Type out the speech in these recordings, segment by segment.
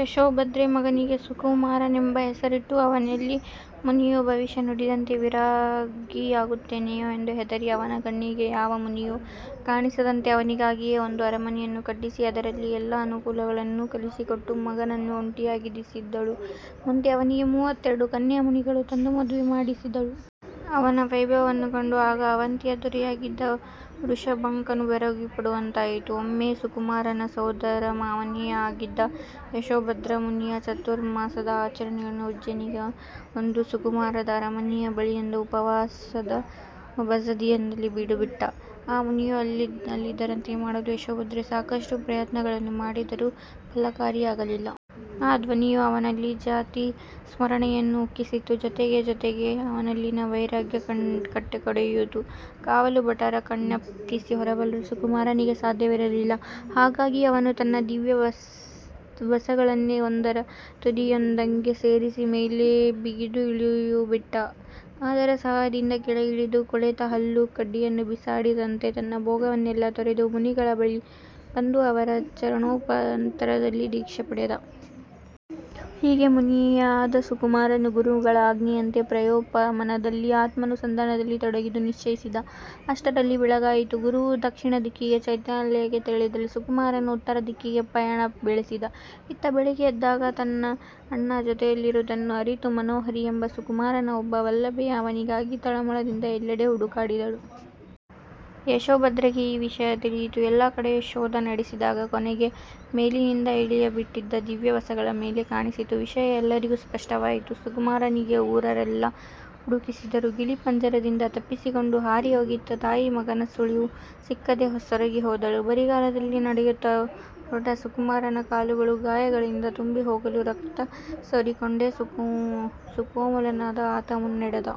ಯಶೋಭದ್ರೆ ಮಗನಿಗೆ ಸುಕುಮಾರನೆಂಬ ಹೆಸರಿಟ್ಟು, ಅವನೆಲ್ಲಿ ಮುನಿಯು ಭವಿಷ್ಯ ನುಡಿದಂತೆ ವಿರಾಗಿಯಾಗುತ್ತಾನೋ ಎಂದು ಹೆದರಿ, ಅವನ ಕಣ್ಣಿಗೆ ಯಾವ ಮುನಿಯೂ ಕಾಣಿಸದಂತೆ ಅವನಿಗಾಗಿಯೇ ಒಂದು ಅರಮನೆಯನ್ನು ಕಟ್ಟಿಸಿ, ಅದರಲ್ಲಿ ಎಲ್ಲ ಅನುಕೂಲಗಳನ್ನೂ ಕಲಿಸಿಕೊಟ್ಟು, ಮಗನನ್ನು ಒಂಟಿಯಾಗಿರಿಸಿದಳು. ಮುಂದೆ ಅವನಿಗೆ ಮೂವತ್ತೆರಡು ಕನ್ಯಾಮಣಿಗಳನ್ನು ತಂದು ಮದುವೆ ಮಾಡಿಸಿದಳು. ಅವನ ವೈಭವವನ್ನು ಕಂಡು ಆಗ ಆವಂತಿಯ ದೊರೆಯಾಗಿದ್ದ ವೃಷಭಾಂಕನೂ ಬೆರಗು ಪಡುವಂತಾಯಿತು. ಒಮ್ಮೆ ಸುಕುಮಾರನ ಸೋದರಮಾವನೇ ಆಗಿದ್ದ ಯಶೋಭದ್ರ ಮುನಿಯು ಚಾತುರ್ಮಾಸದ ಆಚರಣೆಗಾಗಿ ಉಜ್ಜೇನಿಗೆ ಬಂದು ಸುಕುಮಾರನ ಆರಮನೆಯ ಬಳಿಯಿದ್ದ ಉಪವನದ ಬಸದಿಯೊಂದರಲ್ಲಿ ಬೀಡುಬಿಟ್ಟ. ಆ ಮುನಿಯು ಅಲ್ಲಿರದಂತೆ ಮಾಡಲು ಯಶೋಭದ್ರೆ ಸಾಕಷ್ಟು ಪ್ರಯತ್ನಗಳನ್ನು ಮಾಡಿದರೂ ಫಲಕಾರಿಯಾಗಲಿಲ್ಲ. ಆ ಧ್ವನಿಯು ಅವನಲ್ಲಿ ಜಾತಿಸ್ಮರಣೆಯನ್ನು ಉಕ್ಕಿಸಿತು; ಜೊತೆ ಜೋತೆಗೇ ಅವನಲ್ಲಿನ ವೈರಾಗ್ಯ ಕಟ್ಟೆಯೊಡೆಯಿತು. ಕಾವಲುಭಟರ ಕಣ್ತಪ್ಪಿಸಿ ಹೊರಬರಲು ಸುಕುಮಾರನಿಗೆ ಸಾಧ್ಯವಿರಲಿಲ್ಲ. ಹಾಗಾಗಿ ಅವನು ತನ್ನ ದಿವ್ಯ ವಸಗಳನ್ನೇ ಒಂದರ ತುದಿಗಿನ್ನೊಂದರಂತೆ ಸೇರಿಸಿ ಮೇಲೆ ಬಿಗಿದು ಇಳಿಯಬಿಟ್ಟು ಅದರ ಸಹಾಯದಿಂದ ಕೆಳಗಿಳಿದು, ಕೊಳೆತ ಹುಲ್ಲು ಕಡ್ದಿಯನ್ನು ಬಿಸಾಡಿದಂತೆ ತನ್ನ ಭೋಗವನ್ನೆಲ್ಲ ತೊರೆದು, ಮುನಿಗಳ ಬಳಿ ಬಂದು ಅವರ ಚರಣೋಪಾಂತರದಲ್ಲಿ ದೀಕ್ಷೆ ಪಡೆದ. ಹೀಗೆ ಮುನಿಯಾದ ಸುಕುಮಾರನು ಗುರುಗಳ ಅಜ್ಞೆಯಂತೆ ಪ್ರಾಯೋಪಗಮನದಿಂದ ಆತ್ಮಾನು ಸಂದಾನದಲ್ಲಿ ತೊಡಗಲು ನಿಶ್ಚೈಸಿದ. ಅಷ್ಟರಲ್ಲಿ ಬೆಳಗಾಯಿತು; ಗುರುವು ದಕ್ಷಿಣ ದಿಕ್ಕಿನ ಚೈತ್ಯಾಲಯಕ್ಕೆ ತೆರಳಿದರೆ, ಸುಕುಮಾರನು ಉತ್ತರ ದಿಕ್ಕಿಗೆ ಪಯಣ ಬೆಳೆಸಿದ. ಇತ್ತ, ಬೆಳಿಗ್ಗೆ ಎದ್ದಾಗ ತನ್ನ ಅಣ್ಣ ಜೊತೆಯಲ್ಲಿದುದನ್ನು ಅರಿತ ಮನೋಹರಿ ಎಂಬ ಸುಕುಮಾರನ ಒಬ್ಬ ವಲ್ಲಭೆಯು ಅವನಿಗಾಗಿ ತಳಮಳದಿಂದ ಎಲ್ಲೆಡೆ ಹುಡುಕಾಡಿದಳು. ಯಶೋಭದ್ರೆಗೂ ಈ ವಿಷಯ ತಿಳಿಯುತು. ಎಲ್ಲ ಕಡೆ ಶೋಧ ನಡೆಸಿದಾಗ ಕೊನೆಗೆ, ಮೇಲಿನಿಂದ ಇಳಿಯಬಿಟ್ಟಿದ್ದ ದಿವ್ಯವಸಗಳ ಮಾಲೆ ಕಾಣಿಸಿತು. ವಿಷಯ ಎಲ್ಲರಿಗೂ ಸ್ಪಷ್ಟವಾಯಿತು. ಸುಕುಮಾರನಿಗಾಗಿ ಊರರೆಲ್ಲ ಹುಡುಕಿಸಿದರು. ಗಿಳಿ ಪಂಜರದಿಂದ ತಪ್ಪಿಸಿಕೊಂಡು ಹಾರಿ ಹೋಗಿತ್ತು. ತಾಯಿ ಮಗನ ಸುಳಿವು ಸಿಕ್ಕದೆ ಸೊರಗಿ ಹೋದಳು. ಬರಿಗಾಲಲ್ಲಿ ನಡೆಯುತ್ತ ಹೊರಟ ಸುಕುಮಾರನ ಕಾಲುಗಳು ಗಾಯಗಳಿಂದ ತುಂಬಿಹೋಗಲು, ರಕ್ತ ಸೋರಿಸಿಕೊಂಡೇ ಸುಕೋಮಲನಾದ ಆತ ಮುನ್ನಡೆದ.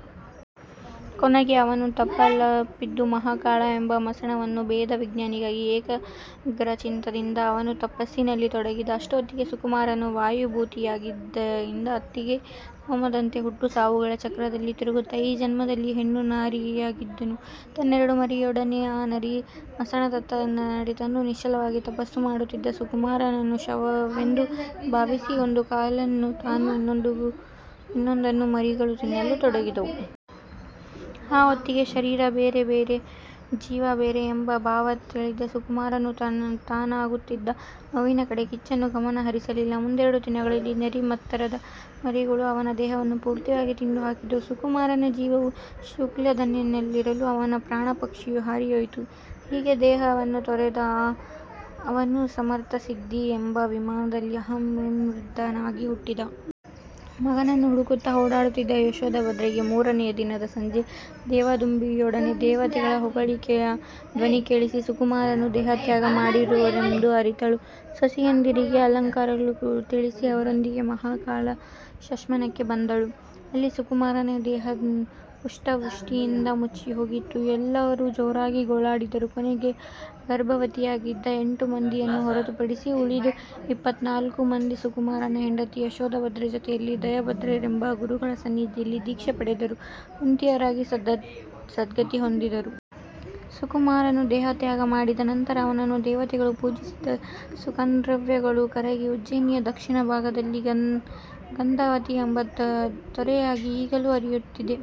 ಕೊನೆಗೆ ಅವನು ತಪಲಪಿದ್ದು ಮಹಾಕಾಳ ಎಂಬ ಮಸಣವನ್ನು, ಭೇದ ವಿಜ್ಞಾನಿಯಾಗಿ ಏಕಾಗ್ರಚಿತ್ತದಿಂದ ಅವನು ತಪಸ್ಸಿನಲ್ಲಿ ತೊಡಗಿದ. ಅಷ್ಟು ಹೊತ್ತಿಗೆ, ಸುಕುಮಾರನು ವಾಯುಭೂತಿಯಾಗಿದ್ದಾಗಿನ ಅತ್ತಿಗೆ ಸೋಮದತ್ತೆ ಹುಟ್ಟು ಸಾವುಗಳ ಚಕ್ರದಲ್ಲಿ ತಿರುಗುತ್ತ ಈ ಜನ್ಮದಲ್ಲಿ ಹೆಣ್ಣು ನರಿಯಾಗಿದ್ದಳು. ತನ್ನೆರಡು ಮರಿಗಳೊಡನೆ ಆ ನರಿ ಮಸಣದತ್ತ ನಡೆತಂದು, ನಿಶ್ಚಲನಾಗಿ ತಪಸ್ಸು ಮಾಡುತ್ತಿದ್ದ ಸುಕುಮಾರನನ್ನು ಶವವೆಂದು ಭಾವಿಸಿ ಒಂದು ಕಾಲನ್ನು ತಾನು, ಇನ್ನೊಂದನ್ನು ಮರಿಗಳು ತಿನ್ನಲು ತೊಡಗಿದವು. ಆ ಹೊತ್ತಿಗೆ "ಶರೀರ ಬೇರೆ, ಜೀವ ಬೇರೆ" ಏಂಬ ಭಾವ ತಳೆದಿದ್ದ ಸುಕುಮಾರನು ತನಾಗುತ್ತಿದ್ದ ನೋವಿನ ಕಡೆ ಕಿಂಚಿತ್ತೂ ಗಮನ ಹರಿಸಲಿಲ್ಲ. ಮುಂದೆರಡು ದಿನಗಳಲ್ಲಿ ನರಿ ಮತ್ತದರ ಮರಿಗಳು ಅವನ ದೇಹವನ್ನೆಲ್ಲ ಪೂರ್ತಿಯಾಗಿ ತಿಂದು ಹಾಕಿದವು. ಸುಕುಮಾರನ ಜೀವವು ಶುಕ್ಲಧ್ಯಾನದಲ್ಲಿರಲು, ಅವನ ಪ್ರಾಣಪಕ್ಷಿಯು ಹಾರಿಹೋಯುತು. ಹೀಗೆ ದೇಹವನ್ನು ತೊರೆದ ಅವನು ಸರ್ವಾರ್ಥಸಿದ್ಧಿ ಎಂಬ ವಿಮಾನದಲ್ಲಿ ಅಹಮಿಂದ್ರನಾಗಿ ಹುಟ್ಟಿದ. ಮಗನನ್ನು ಹುಡುಕುತ್ತ ಓಡಾಡುತ್ತಿದ್ದ ಯಶೋಭದ್ರೆಗೆ ಮೂರನೆಯ ದಿನದ ಸಂಜೆ ದೇವದುಂದುಭಿಯೊಡನೆ ದೇವತೆಗಳ ಹೊಗಳಿಕೆಯ ಧ್ವನಿ ಕೇಳಿಸಿ, ಸುಕುಮಾರನು ದೇಹತ್ಯಾಗ ಮಾಡಿರುವನೆಂದು ಅರಿತಳು. ಸೊಸೆಯಂದಿರಿಗೆ ಅಲಂಕಾರಗೊಳ್ಳಲು ತಿಳಿಸಿ, ಅವರೊಂದಿಗೆ ಮಹಾಕಾಳ ಶ್ಮಶಾನಕ್ಕೆ ಬಂದಳು. ಅಲ್ಲಿ ಸುಕುಮಾರನ ದೇಹ ಪುಷ್ಪವೃಷ್ಟಿಯಿಂದ ಮುಚ್ಚಿಹೋಗಿತ್ತು. ಎಲ್ಲರೂ ಜೋರಾಗಿ ಗೋಳಾಡಿದರು. ಕೊನೆಗೆ ಗರ್ಭವತಿಯಾರಾಗಿದ್ದ ಎಂಟು ಮಂದಿಯನ್ನು ಹೊರತುಪಡಿಸಿ ಉಳಿದ ಇಪ್ಪತ್ತನಾಲ್ಕು ಮಂದಿ ಸುಕುಮಾರನ ಹೆಂಡತಿಯರು ಯಶೋಭದ್ರೆ ಜೊತೆಯಲ್ಲಿ ದಯಾಭದ್ರರೆಂಬ ಗುರುಗಳ ಸನ್ನಿಧಿಯಲ್ಲಿ ದೀಕ್ಷೆ ಪಡೆದರು; ಕುಂತಿಯರಾಗಿ ಸದ್ಗತಿ ಹೊಂದಿದರು. ಸುಕುಮಾರನು ದೇಹತ್ಯಾಗ ಮಾಡಿದ ನಂತರ ಅವನನ್ನು ದೇವತೆಗಳು ಪೂಜಿಸಿದ ಸುಗಂಧದ್ರವ್ಯಗಳು ಕರಗಿ ಉಜ್ಜೇನಿಯ ದಕ್ಕ್ಷಿಣಭಾಗದಲ್ಲಿ "ಗಂಧವತಿ" ಎಂಬ ತೊರೆಯಾಗಿ ಈಗಲೂ ಹರಿಯುತ್ತಿದೆ!